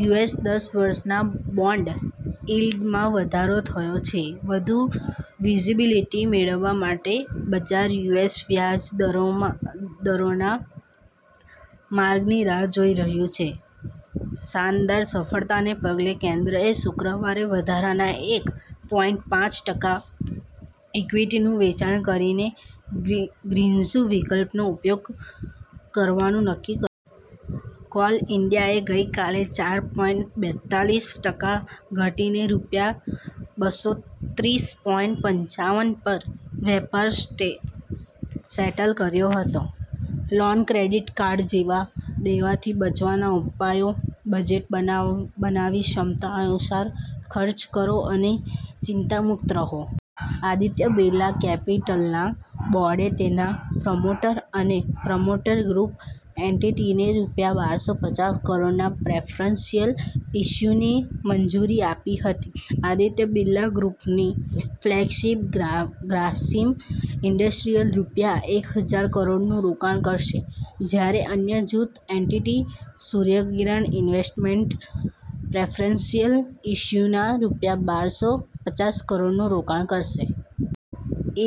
US દસ-વર્ષના bond યીલ્ડમાં વધારો થયો છે, વધુ વિઝિબિલિટી મેળવવા માટે બજાર યુએસ વ્યાજ દરોના માર્ગની રાહ જોઈ રહ્યું છે. " શાનદાર સફળતાને પગલે, કેન્દ્રએ શુક્રવારે વધારાના એક પોઈંટ પાંચ ટકા ઇક્વિટીનું વેચાણ કરીને ગ્રીનશૂ વિકલ્પનો ઉપયોગ કરવાનું નક્કી કર્યું છે. કોલ ઈન્ડિયાએ ગઈ કાલે ચાર પોઈંટ બેતાલીસ ટકા ઘટીને રૂપિયા બસોત્રીસ પોઈંટ પંચાવન પર વેપાર સેટલ કર્યો હતો. લોન-ક્રેડિટ કાર્ડ જેવા દેવાથી બચવાના ઉપાયો; બજેટ બનાવી ક્ષમતા અનુસાર ખર્ચ કરો અને ચિંતામુક્ત રહો. આદિત્ય બિરલા કેપિટલના બોર્ડે તેના પ્રમોટર અને પ્રમોટર ગ્રૂપ એન્ટિટીને રૂપિયા બારસો પચાસ કરોડના પ્રેફરન્શિયલ ઇશ્યુને મંજૂરી આપી હતી. આદિત્ય બિરલા ગ્રૂપની ફ્લેગશિપ ગ્રાસિમ ઇન્ડસ્ટ્રીઝ રૂપિયા એક હજાર કરોડનું રોકાણ કરશે, જ્યારે અન્ય જૂથ entity, Surya Kiran Investments preferential ઇશ્યૂમાં રૂપિયા બસો પચાસ કરોડનું રોકાણ કરશે.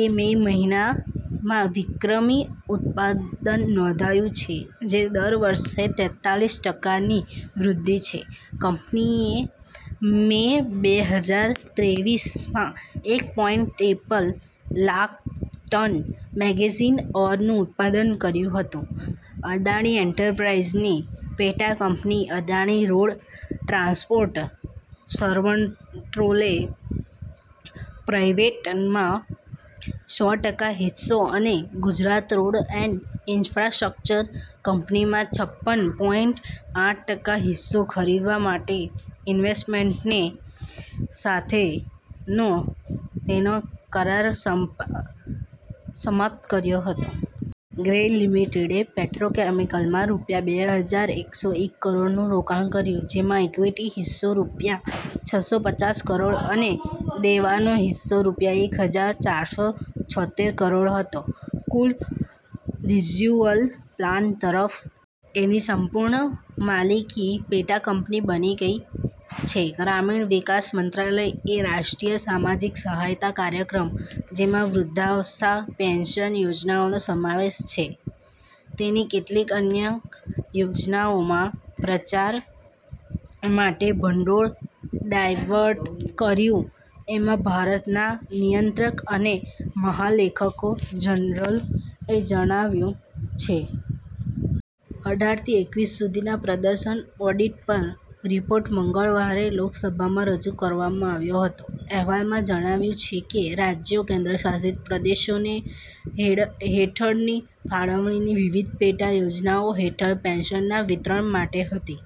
એ મે મહિનામાં વિક્રમી ઉત્પાદન નોંધાવ્યું છે, જે દર વર્ષે ત્રેતાલીસ ટકા ની વૃદ્ધિ છે. કંપનીએ મે બે હજાર ત્રેવીસમાં એક પોઈંટ ત્રેપન લાખ ટન મેંગેનીઝ ઓરનું ઉત્પાદન કર્યું હતું. અદાણી એન્ટરપ્રાઈઝની પેટાકંપની, અદાણી રોડ ટ્રાન્સપોર્ટે સ્વર્ણ ટોલવે પ્રાઈવેટમાં સો ટકા હિસ્સો અને ગુજરાત રોડ એન્ડ ઈન્ફ્રાસ્ટ્રક્ચર કંપનીમાં છપ્પન પોઈંટ આઠ ટકા હિસ્સો ખરીદવા માટે ઈન્વેસ્ટમેન્ટ્સ સાથેનો તેનો કરાર સમાપ્ત કર્યો હતો. ગેઇલ લિમિટેડે પેટ્રોકેમિકલ્સમાં રૂપિયા બે હજાર એકસો એક કરોડનું રોકાણ કર્યું હતું, જેમાં ઇક્વિટી હિસ્સો રૂપિયા છસો પચ્ચીસ કરોડ હતો અને દેવાનો હિસ્સો રૂપિયા એક હજાર ચારસો છોતેર કરોડ હતો, કુલ રિઝોલ્યુશન પ્લાન તરફ. એ ની સંપૂર્ણ માલિકીની પેટાકંપની બની ગઈ છે. ગ્રામીણ વિકાસ મંત્રાલય એ રાષ્ટ્રીય સામાજિક સહાયતા કાર્યક્રમ, જેમાં વૃદ્ધાવસ્થા પેન્શન યોજનાઓનો સમાવેશ થાય છે, તેની કેટલીક અન્ય યોજનાઓના પ્રચાર માટે ભંડોળ ડાયવર્ટ કર્યું છે, એમ ભારતના નિયંત્રક અને મહાલેખક જનરલ એ જણાવ્યું છે. અઢાર થી એકવીસ સુધીના પ્રદર્શન ઓડિટ પર રિપોર્ટ મંગળવારે લોકસભામાં રજૂ કરવામાં આવ્યો હતો. અહેવાલમાં જણાવાયું છે કે "રાજ્યો/ કેન્દ્રશાસિત પ્રદેશોને હેઠળની ફાળવણી ની વિવિધ પેટા યોજનાઓ હેઠળ પેન્શનના વિતરણ માટે હતી.